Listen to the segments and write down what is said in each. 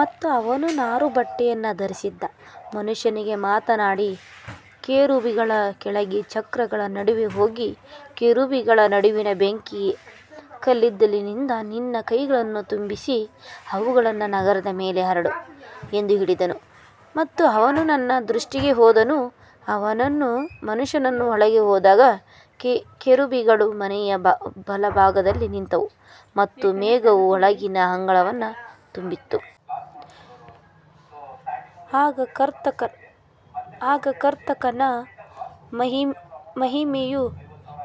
ಮತ್ತು ಅವನು ನಾರುಬಟ್ಟೆಯನ್ನು ಧರಿಸಿದ್ದ ಮನುಷ್ಯನಿಗೆ ಮಾತನಾಡಿ, ಕೆರೂಬಿಗಳ ಕೆಳಗೆ ಚಕ್ರಗಳ ನಡುವೆ ಹೋಗಿ, ಕೆರೂಬಿಗಳ ನಡುವಿನ ಬೆಂಕಿಯ ಕಲ್ಲಿದ್ದಲಿನಿಂದ ನಿನ್ನ ಕೈಯನ್ನು ತುಂಬಿಸಿ ಅವುಗಳನ್ನು ನಗರದ ಮೇಲೆ ಹರಡು ಎಂದು ಹೇಳಿದನು ಮತ್ತು ಅವನು ನನ್ನ ದೃಷ್ಟಿಗೆ ಹೋದನು. ಮನುಷ್ಯನು ಒಳಗೆ ಹೋದಾಗ ಕೆರೂಬಿಗಳು ಮನೆಯ ಬಲಭಾಗದಲ್ಲಿ ನಿಂತಿದ್ದವು ಮತ್ತು ಮೇಘವು ಒಳಗಿನ ಅಂಗಳವನ್ನು ತುಂಬಿತು. ಆಗ ಕರ್ತನ ಮಹಿಮೆಯು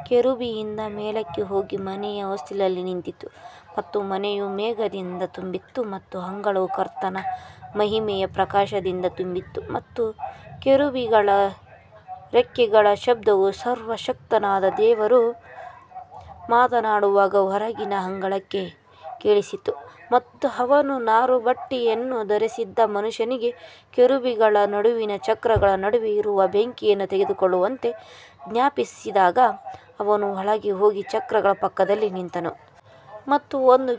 ಕೆರೂಬಿಯಿಂದ ಮೇಲಕ್ಕೆ ಹೋಗಿ ಮನೆಯ ಹೊಸ್ತಿಲಲ್ಲಿ ನಿಂತಿತು ಮತ್ತು ಮನೆಯು ಮೇಘದಿಂದ ತುಂಬಿತ್ತು ಮತ್ತು ಅಂಗಳವು ಕರ್ತನ ಮಹಿಮೆಯ ಪ್ರಕಾಶದಿಂದ ತುಂಬಿತ್ತು. ಮತ್ತು ಕೆರೂಬಿಗಳ ರೆಕ್ಕೆಗಳ ಶಬ್ದವು ಸರ್ವಶಕ್ತನಾದ ದೇವರು ಮಾತನಾಡುವಾಗ ಹೊರಗಿನ ಅಂಗಳಕ್ಕೆ ಕೇಳಿಸಿತು. ಮತ್ತು ಅವನು ನಾರುಬಟ್ಟೆಯನ್ನು ಧರಿಸಿದ್ದ ಮನುಷ್ಯನಿಗೆ ಕೆರೂಬಿಗಳ ನಡುವಿನ ಚಕ್ರಗಳ ನಡುವೆ ಇರುವ ಬೆಂಕಿಯನ್ನು ತೆಗೆದುಕೊಳ್ಳುವಂತೆ ಆಜ್ಞಾಪಿಸಿದಾಗ ಅವನು ಒಳಗೆ ಹೋಗಿ ಚಕ್ರಗಳ ಪಕ್ಕದಲ್ಲಿ ನಿಂತನು. ಮತ್ತು ಒಂದು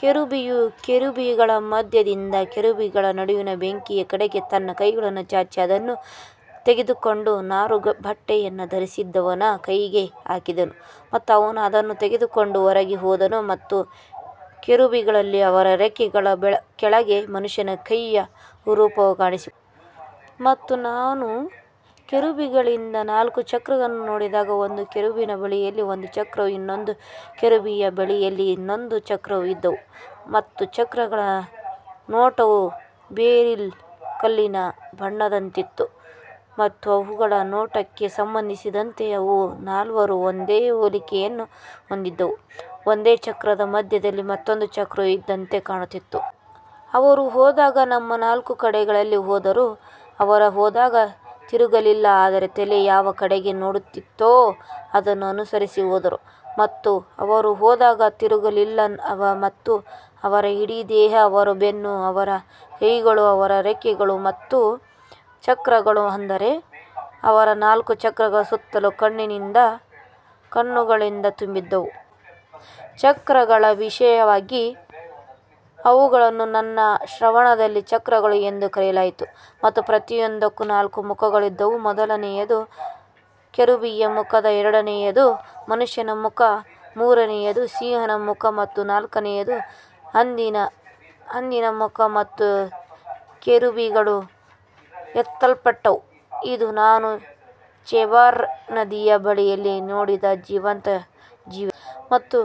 ಕೆರೂಬಿಯು ಕೆರೂಬಿಗಳ ಮಧ್ಯದಿಂದ ಕೆರೂಬಿಗಳ ನಡುವಿನ ಬೆಂಕಿಯ ಕಡೆಗೆ ತನ್ನ ಕೈಯನ್ನು ಚಾಚಿ ಅದನ್ನು ತೆಗೆದುಕೊಂಡು ನಾರುಬಟ್ಟೆಯನ್ನು ಧರಿಸಿದ್ದವನ ಕೈಗೆ ಹಾಕಿದನು ಮತ್ತು ಅವನು ಅದನ್ನು ತೆಗೆದುಕೊಂಡು ಹೊರಗೆ ಹೋದನು. ಮತ್ತು ಕೆರೂಬಿಗಳಲ್ಲಿ ಅವರ ರೆಕ್ಕೆಗಳ ಕೆಳಗೆ ಮನುಷ್ಯನ ಕೈಯ ರೂಪವು ಕಾಣಿಸಿಕೊಂಡಿತು. ಮತ್ತು ನಾನು ಕೆರೂಬಿಗಳಿಂದ ನಾಲ್ಕು ಚಕ್ರಗಳನ್ನು ನೋಡಿದಾಗ, ಒಂದು ಕೆರೂಬಿಯ ಬಳಿಯಲ್ಲಿ ಒಂದು ಚಕ್ರವೂ ಇನ್ನೊಂದು ಕೆರೂಬಿಯ ಬಳಿಯಲ್ಲಿ ಇನ್ನೊಂದು ಚಕ್ರವೂ ಇದ್ದವು ಮತ್ತು ಚಕ್ರಗಳ ನೋಟವು ಬೆರಿಲ್ ಕಲ್ಲಿನ ಬಣ್ಣದಂತಿತ್ತು. ಮತ್ತು ಅವುಗಳ ನೋಟಕ್ಕೆ ಸಂಬಂಧಿಸಿದಂತೆ ಅವು ನಾಲ್ವರೂ ಒಂದೇ ಹೋಲಿಕೆಯನ್ನು ಹೊಂದಿದ್ದವು, ಒಂದು ಚಕ್ರದ ಮಧ್ಯದಲ್ಲಿ ಮತ್ತೊಂದು ಚಕ್ರವು ಇದ್ದಂತೆ ಕಾಣುತ್ತಿತ್ತು. ಅವರು ಹೋದಾಗ ತಮ್ಮ ನಾಲ್ಕು ಕಡೆಗಳಲ್ಲಿ ಹೋದರು, ಅವರು ಹೋದಾಗ ತಿರುಗಲಿಲ್ಲ, ಆದರೆ ತಲೆ ಯಾವ ಕಡೆಗೆ ನೋಡುತ್ತಿತ್ತೋ ಅದನ್ನು ಅನುಸರಿಸಿ ಹೋದರು ಮತ್ತು ಅವರು ಹೋದಾಗ ತಿರುಗಲಿಲ್ಲ. ಮತ್ತು ಅವರ ಇಡೀ ದೇಹ, ಅವರ ಬೆನ್ನು, ಅವರ ಕೈಗಳು, ಅವರ ರೆಕ್ಕೆಗಳು ಮತ್ತು ಚಕ್ರಗಳು, ಅಂದರೆ ಅವರ ನಾಲ್ಕು ಚಕ್ರಗಳು, ಸುತ್ತಲೂ ಕಣ್ಣುಗಳಿಂದ ತುಂಬಿದ್ದವು. ಚಕ್ರಗಳ ವಿಷಯವಾಗಿ ಅವುಗಳನ್ನು ನನ್ನ ಶ್ರವಣದಲ್ಲಿ ಚಕ್ರಗಳು ಎಂದು ಕರೆಯಲಾಯಿತು. ಮತ್ತು ಪ್ರತಿಯೊಂದಕ್ಕೂ ನಾಲ್ಕು ಮುಖಗಳಿದ್ದವು, ಮೊದಲನೆಯದು ಕೆರೂಬಿಯ ಮುಖ, ಎರಡನೆಯದು ಮನುಷ್ಯನ ಮುಖ, ಮೂರನೆಯದು ಸಿಂಹದ ಮುಖ ಮತ್ತು ನಾಲ್ಕನೆಯದು ಹದ್ದಿನ ಮುಖ. ಮತ್ತು ಕೆರೂಬಿಗಳು ಎತ್ತಲ್ಪಟ್ಟವು. ಇದು ನಾನು ಚೆಬಾರ್ ನದಿಯ ಬಳಿಯಲ್ಲಿ ನೋಡಿದ ಜೀವಂತ ಜೀವಿಯಾಗಿದೆ. ಮತ್ತು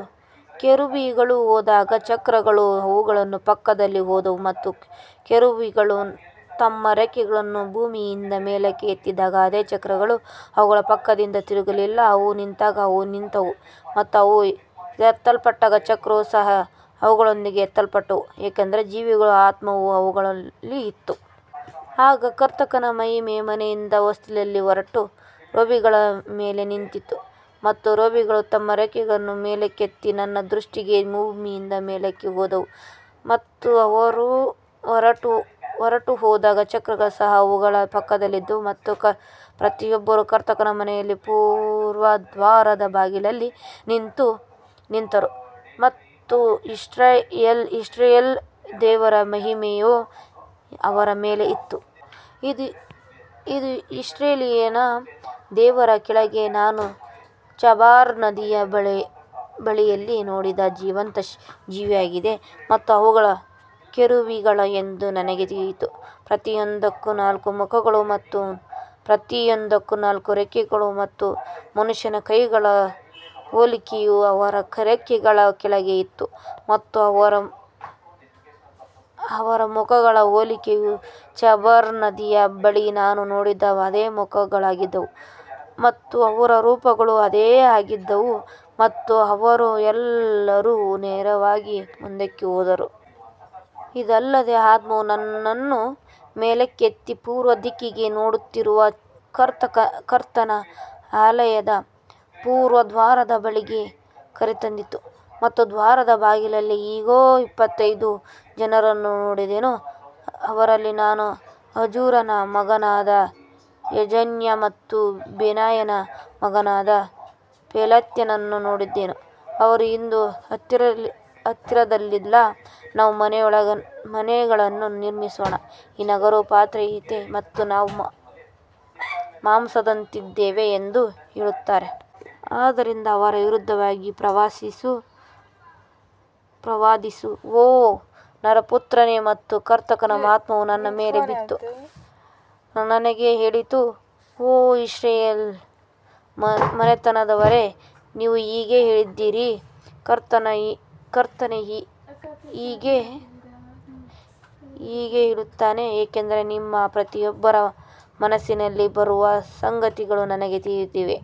ಕೆರೂಬಿಗಳು ಹೋದಾಗ ಚಕ್ರಗಳು ಅವುಗಳ ಪಕ್ಕದಲ್ಲಿ ಹೋದವು ಮತ್ತು ಕೆರೂಬಿಗಳು ತಮ್ಮ ರೆಕ್ಕೆಗಳನ್ನು ಭೂಮಿಯಿಂದ ಮೇಲಕ್ಕೆ ಎತ್ತಿದಾಗ ಅದೇ ಚಕ್ರಗಳು ಅವುಗಳ ಪಕ್ಕದಿಂದ ತಿರುಗಲಿಲ್ಲ. ಅವು ನಿಂತಾಗ ಅವು ನಿಂತವು ಮತ್ತು ಅವು ಎತ್ತಲ್ಪಟ್ಟಾಗ ಚಕ್ರಗಳು ಸಹ ಅವುಗಳೊಂದಿಗೆ ಎತ್ತಲ್ಪಟ್ಟವು, ಏಕೆಂದರೆ ಜೀವಿಗಳ ಆತ್ಮವು ಅವುಗಳಲ್ಲಿ ಇತ್ತು. ಆಗ ಕರ್ತನ ಮಹಿಮೆಯು ಮನೆಯ ಹೊಸ್ತಿಲಿಂದ ಹೊರಟು ಕೆರೂಬಿಗಳ ಮೇಲೆ ನಿಂತಿತು. ಮತ್ತು ಕೆರೂಬಿಗಳು ತಮ್ಮ ರೆಕ್ಕೆಗಳನ್ನು ಮೇಲಕ್ಕೆತ್ತಿ ನನ್ನ ದೃಷ್ಟಿಗೆ ಭೂಮಿಯಿಂದ ಮೇಲಕ್ಕೆ ಹೋದವು ಮತ್ತು ಅವರು ಹೊರಟುಹೋದಾಗ ಚಕ್ರಗಳು ಸಹ ಅವುಗಳ ಪಕ್ಕದಲ್ಲಿದ್ದವು. ಮತ್ತು ಪ್ರತಿಯೊಬ್ಬರೂ ಕರ್ತನ ಮನೆಯ ಪೂರ್ವ ದ್ವಾರದ ಬಾಗಿಲಲ್ಲಿ ನಿಂತರು ಮತ್ತು ಇಸ್ರಾಯೇಲ್ ದೇವರ ಮಹಿಮೆಯು ಅವರ ಮೇಲೆ ಇತ್ತು. ಇದು ಇಸ್ರಾಯೇಲಿನ ದೇವರ ಕೆಳಗೆ ನಾನು ಚೆಬಾರ್ ನದಿಯ ಬಳಿಯಲ್ಲಿ ನೋಡಿದ ಜೀವಂತ ಜೀವಿಯಾಗಿದೆ ಮತ್ತು ಅವು ಕೆರೂಬಿಗಳು ಎಂದು ನನಗೆ ತಿಳಿಯಿತು. ಪ್ರತಿಯೊಂದಕ್ಕೂ ನಾಲ್ಕು ಮುಖಗಳು ಮತ್ತು ಪ್ರತಿಯೊಂದಕ್ಕೂ ನಾಲ್ಕು ರೆಕ್ಕೆಗಳು ಮತ್ತು ಮನುಷ್ಯನ ಕೈಗಳ ಹೋಲಿಕೆಯು ಅವರ ರೆಕ್ಕೆಗಳ ಕೆಳಗೆ ಇತ್ತು. ಮತ್ತು ಅವರ ಮುಖಗಳ ಹೋಲಿಕೆಯು ಚೆಬಾರ್ ನದಿಯ ಬಳಿ ನಾನು ನೋಡಿದ ಅದೇ ಮುಖಗಳಾಗಿದ್ದವು ಮತ್ತು ಅವರ ರೂಪಗಳೂ ಅದೇ ಆಗಿದ್ದವು ಮತ್ತು ಅವರು ಎಲ್ಲರೂ ನೇರವಾಗಿ ಮುಂದಕ್ಕೆ ಹೋದರು. ಇದಲ್ಲದೆ ಆತ್ಮವು ನನ್ನನ್ನು ಮೇಲಕ್ಕೆತ್ತಿ ಪೂರ್ವ ದಿಕ್ಕಿಗೆ ನೋಡುತ್ತಿರುವ ಕರ್ತನ ಆಲಯದ ಪೂರ್ವ ದ್ವಾರದ ಬಳಿಗೆ ಕರೆತಂದಿತು ಮತ್ತು ದ್ವಾರದ ಬಾಗಿಲಲ್ಲಿ ಇಗೋ, ಇಪ್ಪತ್ತೈದು ಜನರನ್ನು ನೋಡಿದೆನು. ಅವರಲ್ಲಿ ನಾನು ಅಜೂರನ ಮಗನಾದ ಯಾಜನ್ಯ ಮತ್ತು ಬೆನಾಯನ ಮಗನಾದ ಪೆಲಾತ್ಯನನ್ನು ನೋಡಿದೆನು. ಅವರು, ಇದು ಹತ್ತಿರದಲ್ಲಿಲ್ಲ, ನಾವು ಮನೆಗಳನ್ನು ನಿರ್ಮಿಸೋಣ, ಈ ನಗರವು ಪಾತ್ರೆಯಂತಿದೆ ಮತ್ತು ನಾವು ಮಾಂಸದಂತಿದ್ದೇವೆ ಎಂದು ಹೇಳುತ್ತಾರೆ. ಆದ್ದರಿಂದ ಅವರ ವಿರುದ್ಧವಾಗಿ ಪ್ರವಾದಿಸು, ಓ ನರಪುತ್ರನೇ. ಮತ್ತು ಕರ್ತನ ಆತ್ಮವು ನನ್ನ ಮೇಲೆ ಬಿದ್ದು ನನಗೆ ಹೇಳಿತು, ಓ ಇಸ್ರಾಯೇಲ್ ಮನೆತನದವರೇ, ನೀವು ಹೀಗೆ ಹೇಳಿದ್ದೀರಿ. ಕರ್ತನು ಹೀಗೆ ಹೇಳುತ್ತಾನೆ, ಏಕೆಂದರೆ ನಿಮ್ಮ ಪ್ರತಿಯೊಬ್ಬರ ಮನಸ್ಸಿನಲ್ಲಿ ಬರುವ ಸಂಗತಿಗಳು ನನಗೆ ತಿಳಿದಿವೆ.